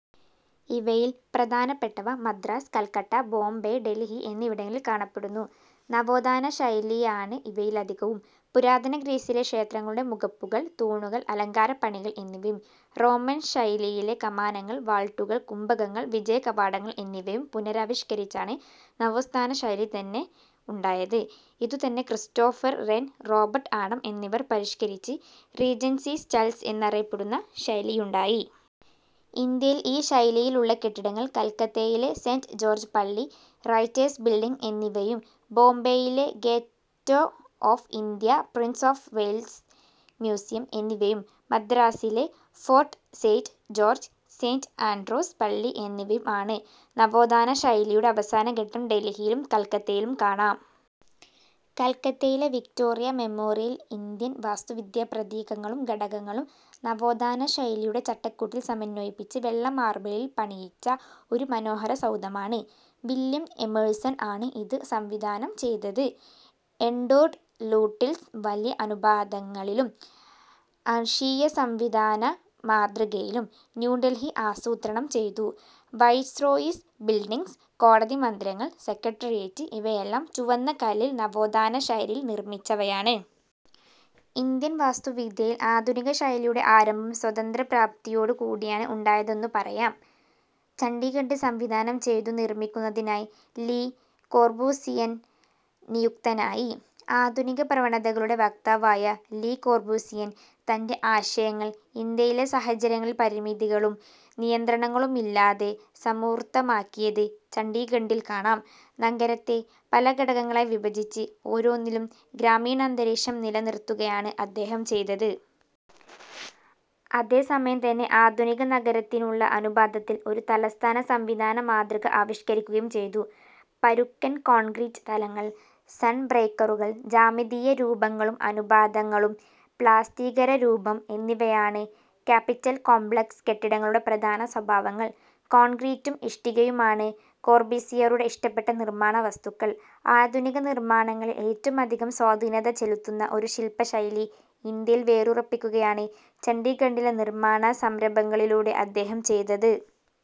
ഇവയിൽ പ്രധാനപ്പെട്ടവ മദ്രാസ്, കൽക്കട്ട, ബോംബെ, ഡൽഹി എന്നിവിടങ്ങളിൽ കാണപ്പെടുന്നു. നവോസ്ഥാന ശൈലിയാണ് ഇവയിലധികവും. പുരാതനഗ്രീസിലെ ക്ഷേത്രങ്ങളുടെ മുഖപ്പുകൾ, തൂണുകൾ, അലങ്കാരപ്പണികൾ എന്നിവയും റോമൻ ശൈലിയിലെ കമാനങ്ങൾ, വാൾട്ടുകൾ, കുംഭകങ്ങൾ, വിജയകവാടങ്ങൾ എന്നിവയും പുനരാവിഷ്കരിച്ചാണ് നവോസ്ഥാന ശൈലിതന്നെ ഉണ്ടായത്. ഇതു തന്നെ ക്രിസ്റ്റോഫർ റെൻ, റോബർട്ട് ആഡം എന്നിവർ പരിഷ്കരിച്ച് റീജൻസിസ്റ്റൈൽസ് എന്നറിയപ്പെടുന്ന ശൈലിയുണ്ടായി. ഇന്ത്യയിൽ ഈ ശൈലിയിലുള്ള കെട്ടിടങ്ങൾ കൽക്കത്തയിലെ സെന്റ് ജോർജ്പള്ളി റൈറ്റേഴ്സ് ബിൽഡിംഗ് എന്നിവയും ബോബെയിലെ gateway of India, Prince of Wales museum എന്നിവയും മദ്രാസിലെ fort Saint George, Saint Andrews പള്ളി എന്നിവയും ആണ്. നവോസ്ഥാനശൈലിയുടെ അവസാനഘട്ടം ഡൽഹിയിലും കൽക്കത്തയിലും കാണാം. കൽക്കത്തയിലെ വിക്റ്റോറിയ മെമ്മോറിയൽ ഇന്ത്യൻ വാസ്തുവിദ്യാ പ്രതീകങ്ങളും ഘടകങ്ങളും നവോസ്ഥാനശൈലിയുടെ ചട്ടക്കൂട്ടിൽ സമന്വയിപ്പിച്ച് വെള്ളമാർബിളിൽ പണിയിച്ച ഒരുമനോഹര സൗധമാണ്. വില്യം എമേഴ്സൺ ആണ് ഇതു സംവിധാനം ചെയ്തത്. എഡ്വേർഡ് ലൂട്ടിൽസ് വലിയ അനുപാതങ്ങളിലും അക്ഷീയസംവിധാന മാതൃകയിലും ന്യൂഡൽഹി ആസൂത്രണം ചെയ്തു വൈസ്രോയീസ് ബിൽഡിംഗ്സ്, കോടതിമന്ദിരങ്ങൾ, സെക്രട്ടേറിയറ്റ് ഇവയെല്ലാം ചുവന്നകല്ലിൽ നവോത്ഥാനശൈലിയിൽ നിർമിച്ചവയാണ്. ഇന്ത്യൻവാസ്തു വിദ്യയിൽ ആധുനികശൈലിയുടെ ആരംഭം സ്വാതന്ത്ര്യ പ്രാപ്തിയോടുകൂടിയാണ് ഉണ്ടായതെന്നു പറയാം. ചണ്ഡിഗഡ് സംവിധാനം ചെയ്തു നിർമ്മിക്കുന്നതിനായി ലീ കോർബൂസിയർ നിയുക്തനായി. ആധുനിക പ്രവണതകളുടെ വക്താവായ ലീ കോർബൂസിയർ തന്റെ ആശയങ്ങൾ ഇന്ത്യയിലെ സാഹചര്യങ്ങളിൽ പരിമിതികളും നിയന്ത്രണങ്ങളുമില്ലാതെ സമൂർത്തമാക്കിയത് ചണ്ഡിഗഡിൽ കാണാം. നഗരത്തെ പല ഘടകങ്ങളായി വിഭജിച്ച് ഓരോന്നിലും ഗ്രാമീണാന്തരീക്ഷം നിലനിർത്തുകയാണ് അദ്ദേഹം ചെയ്തത്. അതേ സമയംതന്നെ ആധുനിക നഗരത്തിനുള്ള അനുപാതത്തിൽ ഒരു തലസ്ഥാന സംവിധാനമാതൃക ആവിഷ്കരിക്കുകയും ചെയ്തു. പരുക്കൻ കോൺക്രീറ്റ് തലങ്ങൾ, സൺബ്രേക്കറുകൾ, ജ്യാമിതീയ രൂപങ്ങളും അനുപാതങ്ങളും, പ്ലാസ്തീകരരൂപം എന്നിവയാണ് കാപ്പിറ്റൽ കോംപ്ലക്സ് കെട്ടിടങ്ങളുടെ പ്രധാന സ്വഭാവങ്ങൾ. കോൺക്രീറ്റും ഇഷ്ടികയുമാണ് കോർബുസിയറുടെ ഇഷ്ടപ്പെട്ട നിർമ്മാണ വസ്തുക്കൾ. ആധുനിക നിർമ്മാണങ്ങളിൽ ഏറ്റവും അധികം സ്വാധീനത ചെലുത്തുന്ന ഒരു ശില്പശൈലി ഇന്ത്യയിൽ വേരുറപ്പിക്കുകയാണ് ചണ്ഡിഗഡിലെ നിർമ്മാണ സംരംഭങ്ങളിലൂടെ അദ്ദേഹം ചെയ്തത്.